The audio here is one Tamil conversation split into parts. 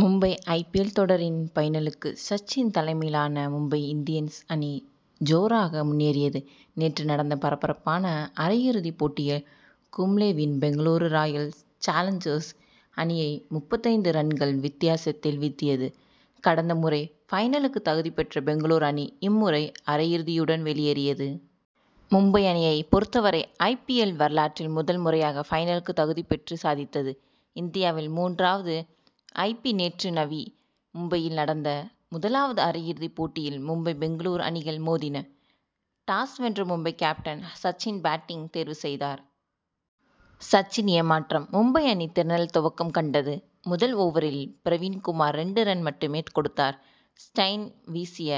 மும்பை ஐ. பி. எல். தொடரின் பைனலுக்கு சச்சின் தலைமையிலான மும்பை இந்தியன்ஸ் அணி ஜோராக முன்னேறியது. நேற்று நடந்த பரபரப்பான அரையிறுதி போட்டியில் கும்ளேவின் பெங்களூரு ராயல் சாலஞ்சர்ஸ் அணியை முப்பத்தைந்து ரன்கள் வித்தி யாசத்தில் வீழ்த்தியது. கடந்த முறை பைனலுக்கு தகுதி பெற்ற பெங்களூரு அணி இம்முறை அரையிறுதியுடன் வெளியேறியது. மும்பை அணியை பொறுத்தவரை ஐ. பி. எல். வரலாற்றில் முதல் முறையாக பைனலுக்கு தகுதி பெற்று சாதித்தது. இந்தியாவில் மூன்றாவது ஐ. பி. நேற்று நவி மும்பையில் நடந்த முதலாவது அரையிறுதி போட்டியில் மும்பை பெங்களூரு அணிகள் மோதின. டாஸ் வென்ற மும்பை கேப்டன் சச்சின் பேட்டிங் தேர்வு செய்தார். சச்சின் ஏமாற்றம் மும்பை அணி திணறல் துவக்கம் கண்டது. முதல் ஓவரில் பிரவீண் குமார் இரண்டு ரன் மட்டுமே கொடுத்தார். ஸ்டைன் வீசிய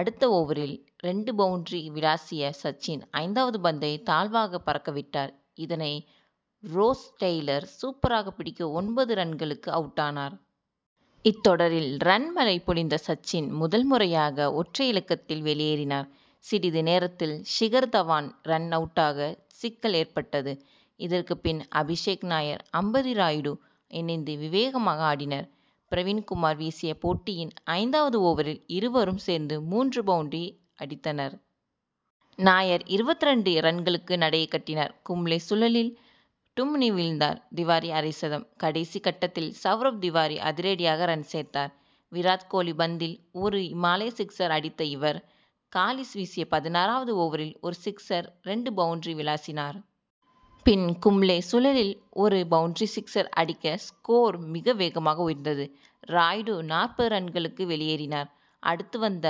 அடுத்த ஓவரில் இரண்டு பவுண்டரி விளாசிய சச்சின் ஐந்தாவது பந்தை தாழ்வாக பறக்க விட்டார். இதனை ரோஸ் டெய்லர் சூப்பராக பிடிக்க ஒன்பது ரன்களுக்கு அவுட்டானார். இத்தொடரில் ரன் மழை பொழிந்த சச்சின் முதல் முறையாக ஒற்றை இலக்கத்தில் வெளியேறினார். சிறிது நேரத்தில் ஷிகர் தவான் ரன் அவுட்டாக சிக்கல் ஏற்பட்டது. இதற்கு பின் அபிஷேக் நாயர் அம்பதி ராயுடு இணைந்து விவேகமாக ஆடினர். பிரவீண் குமார் வீசிய போட்டியின் ஐந்தாவது ஓவரில் இருவரும் சேர்ந்து மூன்று பவுண்டரி அடித்தனர். நாயர் இருபத்திரண்டு ரன்களுக்கு நடையை கட்டினார். கும்ளே சுழலில் டுமினி வீழ்ந்தார். திவாரி அரைசதம்: கடைசி கட்டத்தில் சவுரப் திவாரி அதிரடியாக ரன் சேர்த்தார். விராத் கோஹ்லி பந்தில் ஒரு இமாலய சிக்சர் அடித்த இவர், காலிஸ் வீசிய பதினாறாவது ஓவரில் ஒரு சிக்சர் இரண்டு பவுண்டரி விளாசினார். பின் கும்ளே சுழலில் ஒரு பவுண்டரி சிக்சர் அடிக்கஸ்கோர் மிக வேகமாக உயர்ந்தது. ராயுடு நாற்பது ரன்களுக்கு வெளியேறினார். அடுத்து வந்த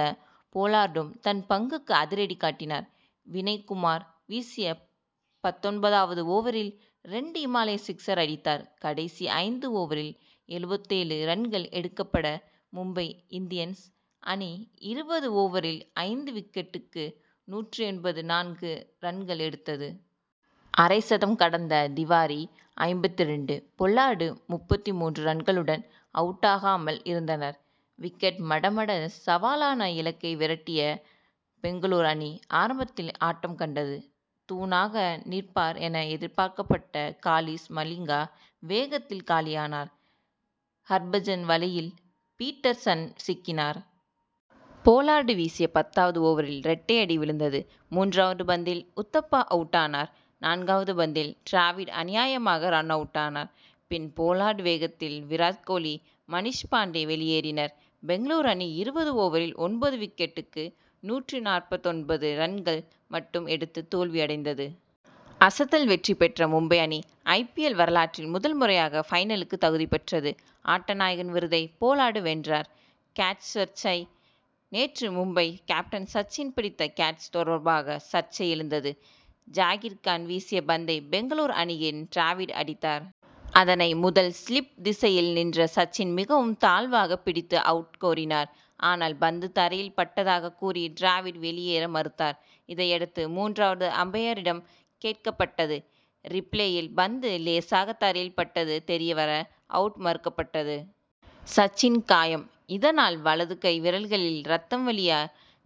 போலார்டும் தன் பங்குக்கு அதிரடி காட்டினார். வினய் குமார் வீசிய பத்தொன்பதாவது ஓவரில் இரண்டு இமாலய சிக்சர் அடித்தார். கடைசி ஐந்து ஓவரில் எழுபத்தேழு ரன்கள் எடுக்கப்பட, மும்பை இந்தியன்ஸ் அணிஇருபது ஓவரில் ஐந்து விக்கெட்டுக்கு நூற்று எண்பத்து நான்கு ரன்கள் எடுத்தது. அரைசதம் கடந்த திவாரிஐம்பத்து இரண்டு, பொல்லார்டு முப்பத்து மூன்று ரன்களுடன் அவுட்டா காமல் இருந்தனர். விக்கெட் மடமட சவாலான இலக்கை விரட்டிய பெங்களூரு அணி ஆரம்பத்தில் ஆட்டம் கண்டது. தூணாக நிற்பார் என எதிர்பார்க்கப்பட்ட காலிஸ் மலிங்கா வேகத்தில் காலியானார். ஹர்பஜன் வலையில் பீட்டர்சன் சிக்கினார். போலார்டு வீசிய பத்தாவது ஓவரில் இரட்டை அடி விழுந்தது. மூன்றாவது பந்தில் உத்தப்பா அவுட்டானார். நான்காவது பந்தில் டிராவிட் அநியாயமாக ரன் அவுட்டானார். பின் போலார்டு வேகத்தில் விராத் கோஹ்லி மனிஷ்பாண்டே வெளியேறினர். பெங்களூரு அணி இருபது ஓவரில் ஒன்பது விக்கெட்டுக்கு. நூற்று நாற்பத்தொன்பது ரன்கள். மட்டும் எடுத்து தோல்வி அடைந்தது. அசத்தல் வெற்றி பெற்ற மும்பை அணி ஐ. பி. எல். வரலாற்றில் முதல் முறையாக பைனலுக்கு தகுதி பெற்றது. ஆட்டநாயகன் விருதை போலார்டு வென்றார். கேட்ச் சர்ச்சை: நேற்று மும்பை கேப்டன் சச்சின் பிடித்த கேட்ச் தொடர்பாக சர்ச்சை எழுந்தது. ஜாகிர்கான் வீசிய பந்தை பெங்களூரு அணியின் டிராவிட் அடித்தார். அதனை முதல் ஸ்லிப் திசையில் நின்ற சச்சின் மிகவும் தாழ்வாக பிடித்து அவுட் கோரினார். ஆனால் பந்து தரையில் பட்டதாக கூறி டிராவிட் வெளியேற மறுத்தார். இதையடுத்து மூன்றாவது அம்பயரிடம் கேட்கப் பட்டது. ரீப்ளேயில் பந்து லேசாக தரையில் பட்டது தெரிய வர அவுட் மறுக்கப் பட்டது. சச்சின் காயம் இதனால் வலது கை விரல்களில் ரத்தம் வழிய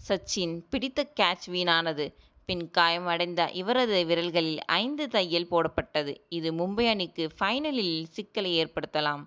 சச்சின் பிடித்த கேட்ச் வீணானது. பின் காயம் அடைந்த இவரது விரல்களில் ஐந்து தையல் போடப்பட்டது. இது மும்பை அணிக்கு பைனலில் சிக்கலை ஏற்படுத்தலாம்.